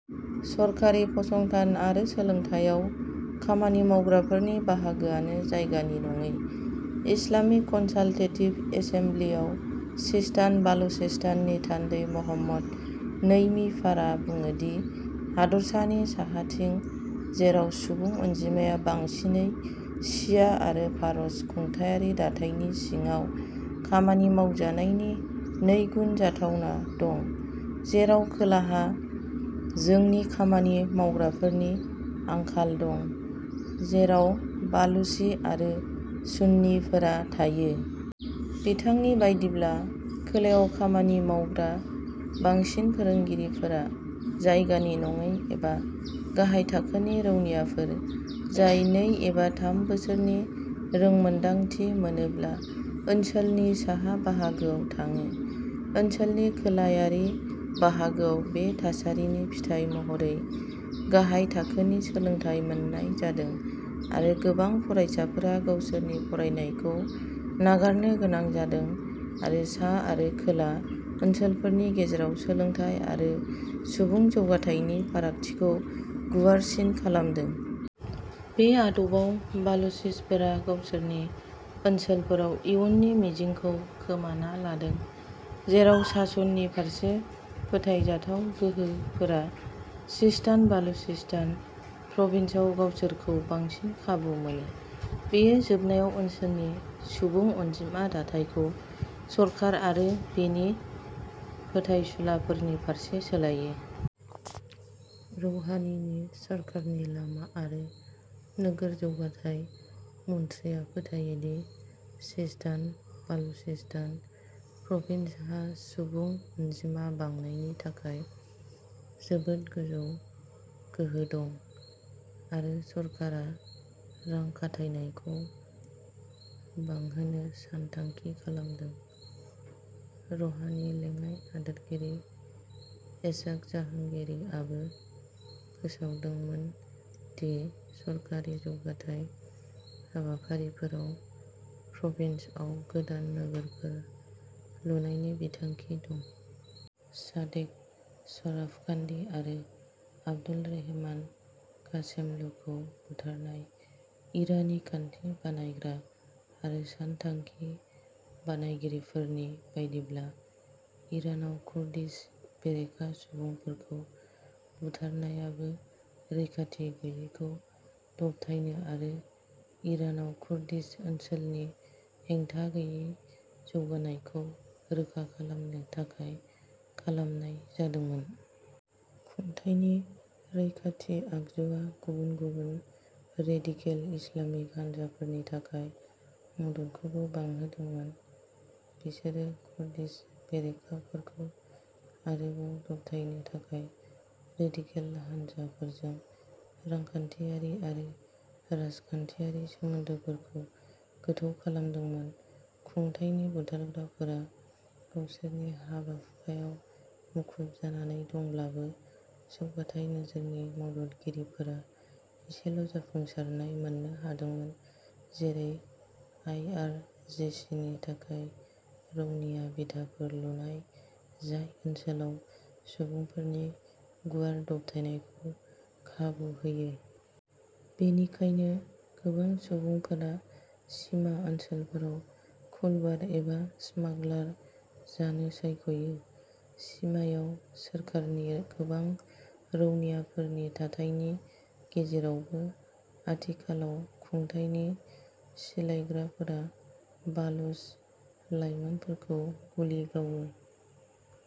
सरखारि फसंथान आरो सोलोंथाइयाव खामानि मावग्राफोरनि बाहागोआनो जायगानि नङै। इस्लामिक कनसालटेटिभ एसेमब्लिआव सिस्तान बालुचेस्ताननि थान्दै महम्मद नैमि फारआ बुङोदि, हादरसानि साहाथिं, जेराव सुबुं अनजिमाया बांसिनै शिया आरो फारस, खुंथायारि दाथायनि सिङाव खामानि मावजानायनि नैगुन जाथावना दं, जेराव खोलाहा जोंनि खामानि मावग्राफोरनि आंखाल दं, जेराव बालुचि आरो सुन्निफोरा थायो। बिथांनि बायदिब्ला, खोलायाव खामानि मावग्रा बांसिन फोरोंगिरिफोरा जायगानि नङै एबा गाहाय थाखोनि रौनियाफोर जाय नै एबा थाम बोसोरनि रोंमोन्दांथि मोनोब्ला ओनसोलनि साहा बाहागोआव थाङो। ओनसोलनि खोलायारि बाहागोआव बे थासारिनि फिथाइ महरै गाहाय थाखोनि सोलोंथाय मोननाय जादों, आरो गोबां फरायसाफोरा गावसोरनि फरायनायखौ नागारनो गोनां जादों आरो सा आरो खोला ओनसोलफोरनि गेजेराव सोलोंथाय आरो सुबुं जौगाथायनि फारागथिखौ गुवारसिन खालामदों। बे आदबाव, बालुचिसफोरा गावसोरनि ओनसोलफोराव इयुननि मिजिंखौ खोमाना लादों, जेराव सासननि फारसे फोथायजाथाव गोहोफोरा सिस्तान बालुचेस्तान प्रभिन्सआव गावसोरखौ बांसिन खाबु मोनो। बेयो जोबनायाव ओनसोलनि सुबुं अनजिमा दाथायखौ सरखार आरो बिनि फोथायसुलाफोरनि फारसे सोलायो। रौहानीनि सरखारनि लामा आरो नोगोर जौगाथाय मन्थ्रिआ फोथायो दि सिस्तान बालुचेस्तान प्रभिन्सहा सुबुं अनजिमा बांनायनि थाखाय जोबोद गोजौ गोहो दं, आरो सरखारा रां खाथायनायखौ बांहोनो सानथांखि खालामदों। रहानीनि लेङाइ हादोरगिरि एसाग जाहांगिरीआबो फोसावदोंमोन दि सरखारि जौगाथाय हाबाफारिफोराव प्रभिन्सआव गोदान नोगोरफोर लुनायनि बिथांखि दं। सादेक शराफकान्दि आरो आब्दुल रेहमान घासेमलुखौ बुथारनाय। इरानि खान्थि बानायग्रा आरो सानथांखि बानायगिरिफोरनि बायदिब्ला, इरानाव कुर्दिश बेरेखा सुबुंफोरखौ बुथारनायाबो रैखाथि गैयैखौ दबथायनो आरो इरानाव कुर्दिश ओनसोलनि हेंथागैयै जौगानायखौ रोखा खालामनो थाखाय खालामनाय जादोंमोन। खुंथायनि रैखाथि आगजुआ गुबुन गुबुन रेदिकेल इस्लामिक हानजाफोरनि थाखाय मददखौबो बांहोदोंमोन। बिसोरो कुर्दिश बेरेखाफोरखौ आरोबाव दबथायनो थाखाय रेदिकेल हानजाफोरजों रांखान्थियारि आरो राजखान्थियारि सोमोन्दोफोरखौ गोथौ खालामदोंमोन। खुंथायनि बुथारग्राफोरा गावसोरनि हाबा हुखायाव मुखुब जानानै दंब्लाबो जौगाथाय नोजोरनि मददगिरिफोरा एसेल'जाफुंसारनाय मोननो हादोंमोन जेरै आइआरजिसिनि थाखाय रौनिया बिथाफोर लुनाय जाय ओनसोलाव सुबुंफोरनि गुवार दबथायनायखौ खाबु होयो। बेनिखायनो गोबां सुबुंफोरा सिमा ओनसोलफोराव कुलबार एबा स्मागलार जानो सायख'यो, सिमायाव सोरखारनि गोबां रौनियाफोरनि थाथायनि गेजेरावबो आथिखालाव, खुंथायनि सिलायग्राफोरा बालुच लाइमोनफोरखौ गुलि गावो।